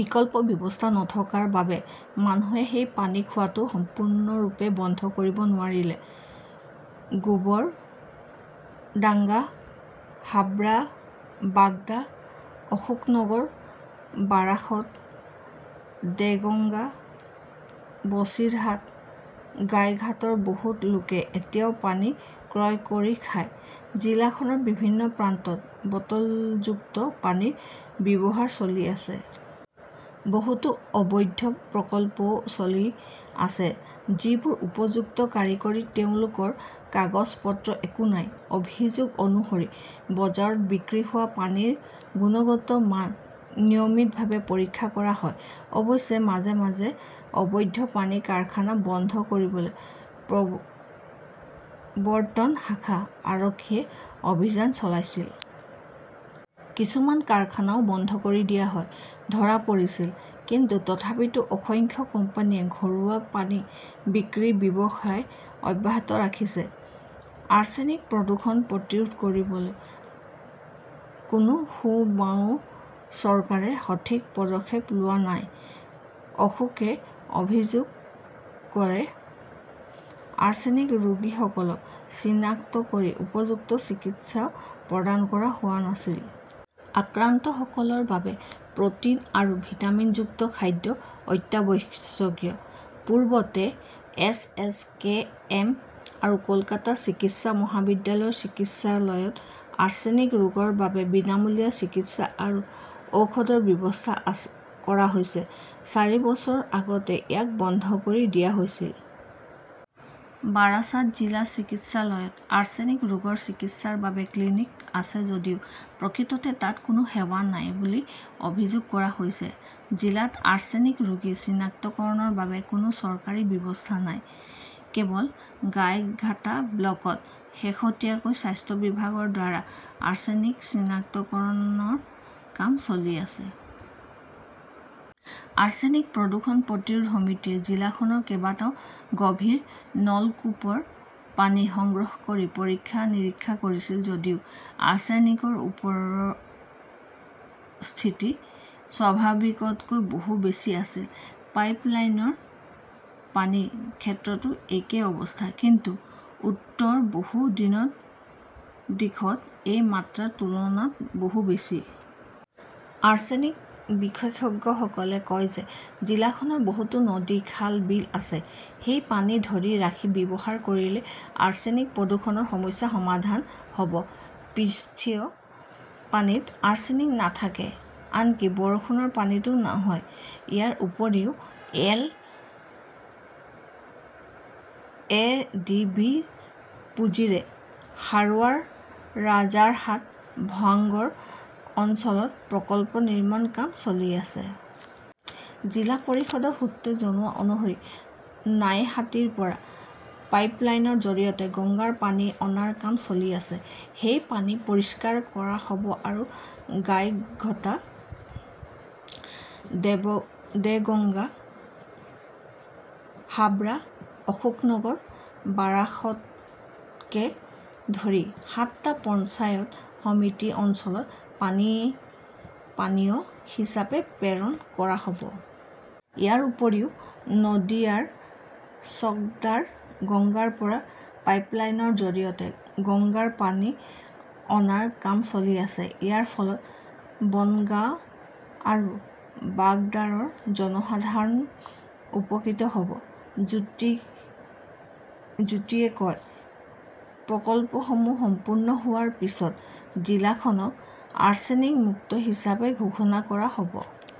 বিকল্প ব্যৱস্থা নথকাৰ বাবে মানুহে সেই পানী খোৱাটো সম্পূৰ্ণৰূপে বন্ধ কৰিব নোৱাৰিলে। গোবৰডাংগা, হাবৰা, বাগদা, অশোকনগৰ, বাৰাসত, দেগংগা, বছিৰহাট, গাইঘাটৰ বহু লোকে এতিয়া পানী ক্ৰয় কৰি খায়। জিলাখনৰ বিভিন্ন প্ৰান্তত বটলযুক্ত পানীৰ ব্যৱসায় চলি আছে। বহুতো অবৈধ প্ৰকল্পও চলি আছে। যিসকলে উপযুক্ত কাৰিকৰী, তেওঁলোকৰ কাগজ-পত্ৰৰ একো নাই। অভিযোগ অনুসৰি বজাৰত বিক্ৰী হোৱা পানীৰ গুণগত মান নিয়মিতভাৱে পৰীক্ষা কৰা নহয়। অৱশ্যে, মাজে মাজে অবৈধ পানীৰ কাৰখানা বন্ধ কৰিবলৈ প্ৰবৰ্ত্তন শাখা, আৰক্ষীয়ে অভিযান চলাইছিল। কিছুমান কাৰখানাও বন্ধ কৰি দিয়া হয়। ধৰা পৰিছিল। কিন্তু তথাপিও অসংখ্য কোম্পানীয়ে ঘৰুৱা পানী বিক্ৰীৰ ব্যৱসায় অব্যাহত ৰাখিছে। "আৰ্ছেনিক প্ৰদূষণ প্ৰতিৰোধ কৰিবলৈ কোনো সোঁ-বাওঁ চৰকাৰে সঠিক পদক্ষেপ লোৱা নাই, অশোকে অভিযোগ কৰে। আৰ্ছেনিক ৰোগীসকলক চিনাক্ত কৰি উপযুক্ত চিকিৎসাও প্ৰদান কৰা হোৱা নাছিল। আক্ৰান্তসকলৰ বাবে প্ৰ'টিন আৰু ভিটামিনযুক্ত খাদ্য অত্যাৱশ্যকীয়। "পূৰ্বতে এছ এছ কে এম আৰু কলকাতা চিকিৎসা মহাবিদ্যালয় চিকিৎসালয়ত আৰ্ছেনিক ৰোগীৰ বাবে বিনামূলীয়া চিকিৎসা আৰু ঔষধৰ ব্যৱস্থা কৰা হৈছিল। চাৰি বছৰ আগতে ইয়াক বন্ধ কৰি দিয়া হৈছিল। বাৰাছাট জিলা চিকিৎসালয়ত আৰ্ছেনিক ৰোগীৰ চিকিৎসাৰ বাবে ক্লিনিক আছে যদিও প্ৰকৃততে তাত কোনো সেৱা নাই বুলি অভিযোগ কৰা হৈছে। জিলাত আৰ্ছেনিক ৰোগী চিনাক্তকৰণৰ বাবে কোনো চৰকাৰী ব্যৱস্থা নাই। কেৱল গাইঘাটা ব্লকত শেহতীয়াকৈ স্বাস্থ্য বিভাগৰ দ্বাৰা আৰ্ছেনিক চিনাক্তকৰণৰ কাম চলি আছে। আৰ্ছেনিক প্ৰদূষণ প্ৰতিৰোধ সমিতিয়ে জিলাখনৰ কেইবাটাও গভীৰ নলকূপৰ পানী সংগ্ৰহ কৰি পৰীক্ষা-নিৰীক্ষা কৰিছিল, য'ত আৰ্ছেনিকৰ উপস্থিতি স্বাভাৱিকতকৈ বহু বেছি আছিল। পাইপ লাইনৰ পানীৰ ক্ষেত্ৰতো একেই অৱস্থা। কিন্তু উত্তৰ বহু দিশত এই মাত্ৰাৰ তুলনাত বহু বেছি। আৰ্ছেনিক বিশেষজ্ঞসকলে কয় যে জিলাখনৰ বহুতো নদী-খাল-বিল আছে। সেই পানী ধৰি ৰাখি ব্যৱহাৰ কৰিলে আৰ্ছেনিক প্ৰদূষণৰ সমস্যা সমাধান হ'ব। পৃষ্ঠীয় পানীত আৰ্ছেনিক নাথাকে। আনকি বৰষুণৰ পানীতো নহয়। ইয়াৰ উপৰিও এ. ডি. বি. -ৰ পুঁজিৰে হাৰোৱা, ৰাজাৰহাট, ভাঙ্গৰ অঞ্চলত প্ৰকল্প নিৰ্মাণৰ কাম চলি আছে। "জিলা পৰিষদৰ সূত্ৰই জনোৱা অনুসৰি নাইহাটীৰ পৰা পাইপলাইনৰ জৰিয়তে গংগাৰ পানী অনাৰ কাম চলি আছে। সেই পানী পৰিষ্কাৰ কৰা হ'ব আৰু গাইঘাটা, দেগঙ্গা, হাবৰা, অশোকনগৰ, বাৰাসতকে ধৰি সাতটা পঞ্চায়ত সমিতি অঞ্চলত পানীয় হিচাপে প্ৰেৰণ কৰা হ" ব। ইয়াৰ উপৰিও, নদীয়াৰ চকদাৰ গংগাৰ পৰা পাইপলাইনৰ জৰিয়তে গংগাৰ পানী অনাৰ কাম চলি আছে। ইয়াৰ ফলত বনগাঁ আৰু বাগদাৰৰ জনসাধাৰণ উপকৃত হ "ব। জ্যোতিৱে কয়, "প্ৰকল্পসমূহ সম্পূৰ্ণ হোৱাৰ পিছত জিলাখনক আৰ্ছেনিক-মুক্ত হিচাপে ঘোষণা কৰা হ'ব।"